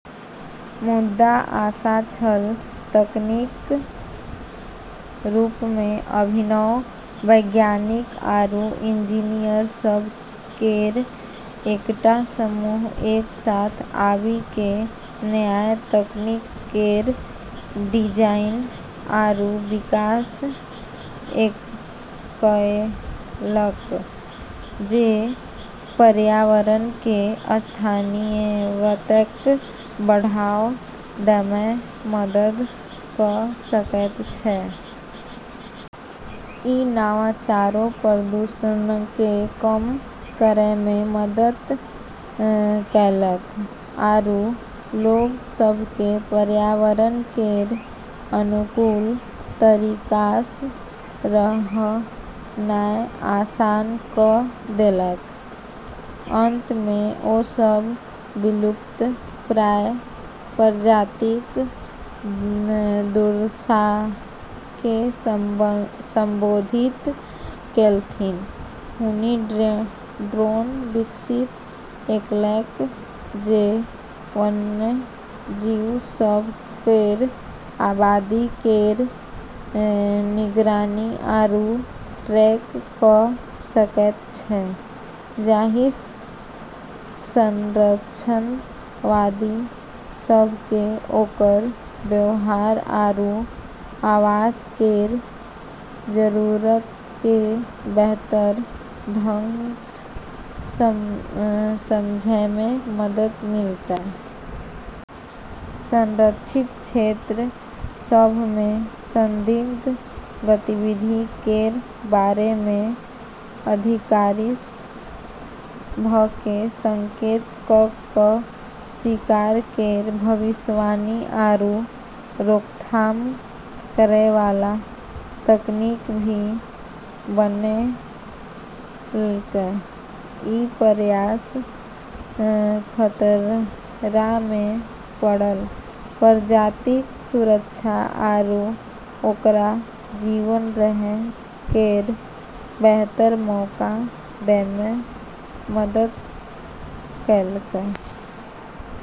मुदा आशा छल - तकनीकक रूपमे। अभिनव वैज्ञानिक आरू इंजीनियर सभ केर एकटा समूह एक साथ आबी कऽ नया तकनीक केर डिजाइन आरू विकास कएलकै जे पर्यावरण केर स्थायित्वकेँ बढ़ावा दैमे मदद कऽ सकैत छै। ई नवाचारो प्रदूषणकेँ कम करैमे मदद कएलकै, आरू लोग सभकेँ पर्यावरण केर अनुकूल तरीकासँ रहनाय आसान कऽ देलकै। अंतमे ओ सब विलुप्तप्राय प्रजातिक दुर्दशाकेँ संबोधित केलथि। हुनी ड्रोन विकसित कएलकै जे वन्यजीव सभ केर आबादी केर निगरानी आरू ट्रैक कऽ सकैत छै, जाहिंसँ संरक्षणवादी सभकेँ ओकर व्यवहार आरू आवास केर जरूरतकेँ बेहतर ढंगसँ समझैमे मदद मिलतै। संरक्षित क्षेत्र सभमे संदिग्ध गतिविधि केर बारेमे अधिकारिसभकेँ सचेत कऽ कऽ, शिकार केर भविष्यवाणी आरू रोकथाम करैवाला तकनीक भी बनेलकै। ई प्रयास खतरामे पड़ल प्रजातिक सुरक्षा आरू ओकरा जीवित रहै केर बेहतर मौका दैमे मदद कएलकै।